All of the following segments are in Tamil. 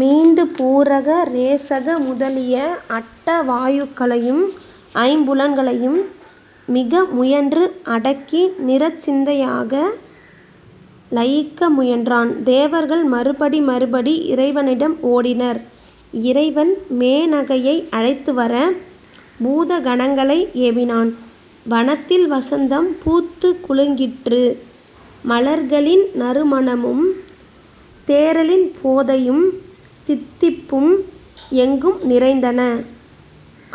மீண்டு பூரக ரேசக முதலிய அட்டவாயுக்களையும், ஐம்புலன்களையும் மிகமுயன்று அடக்கி நிர்ச்சிந்தையாக லயிக்க முயன்றான். தேவர்கள் மறுபடி மறுபடி இறைவனிடம் ஓடினர். இறைவன் மேனகையை அழைத்துவர பூதகணங்களை ஏவினான். வனத்தில் வசந்தம் பூத்துக் குலுங்கிற்று. மலர்களின் நறுமணமும், தேறலின் போதையும் தித்திப்பும் எங்கும் நிறைந்தன.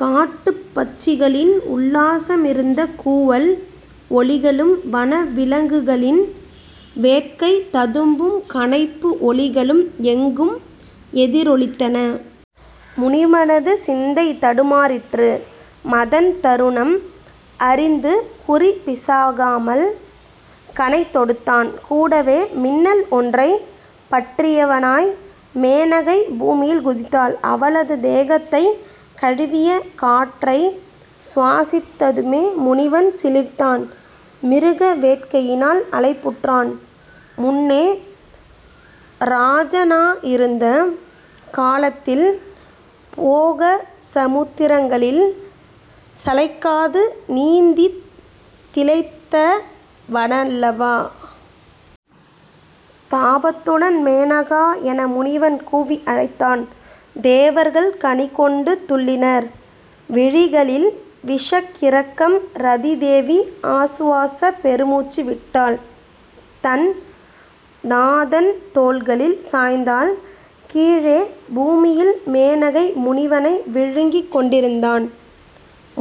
காட்டுப்பட்சிகளின் உல்லாசமிருந்த கூவல் ஒலிகளும், வனவிலங்குகளின் வேட்கை ததும்பும் கனைப்பு ஒலிகளும் எங்கும் எதிரொலித்தன. முனிவனது சிந்தை தடுமாறிற்று. மதன் தருணம் அறிந்து குறிபிசகாமல் கணை தொடுத்தான். கூடவே, மின்னல் ஒன்றைப் பற்றியவனாய் மேனகை பூமியில் குதித்தாள். அவளது தேகத்தை தழுவிய காற்றைச் சுவாசித்ததுமே, முனிவன் சிலிர்த்தான். மிருக வேட்கையினால் அலைப்புற்றான். முன்னே, ராஜனாயிருந்த காலத்தில் போகசமுத்திரங்களில் சளைக்காது நீந்தித் திளைத்தவனல்லவா? தாபத்துடன் 'மேனகா' என முனிவன் கூவி அழைத்தான். தேவர்கள் கனிகொண்டு துள்ளினர். விழிகளில் விஷக்கிறக்கம். ரதிதேவி ஆசுவாசப் பெருமூச்சு விட்டாள். தன் நாதன் தோள்களில் சாய்ந்தாள். கீழே பூமியில்; மேனகை முனிவனை விழுங்கிக் கொண்டிருந்தாள்.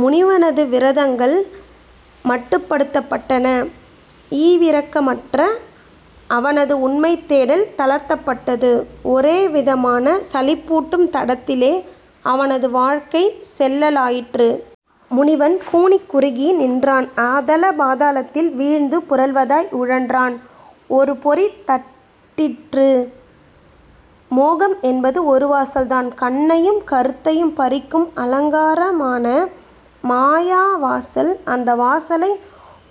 முனிவனது விரதங்கள் மட்டுப்படுத்தப்பட்டன. ஈவிரக்கமற்ற அவனது உண்மைதேடல் தளர்த்தப்பட்டது. ஒரேவிதமான சலிப்பூட்டும் தடத்திலே அவனது வாழ்க்கை செல்லலாயிற்று. முனிவன் கூனிக் குறுகி நின்றான். அதலபாதாளத்தில் வீழ்ந்து புரள்வதாய் உழன்றான். ஒரு பொறி தட்டிற்று. மோகம் என்பது ஒருவாசல் தான். கண்ணையும் கருத்தையும் பறிக்கும் அலங்காரமான மாயாவாசல். அந்த வாசலை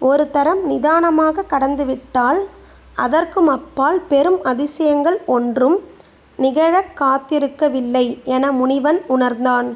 ஒருதரம் நிதானமாக கடந்துவிட்டால் அதற்குமப்பால் பெரும் அதிசயங்கள் ஒன்றும் நிகழக்காத்திருக்கவில்லை, என முனிவன் உணர்ந்தான்.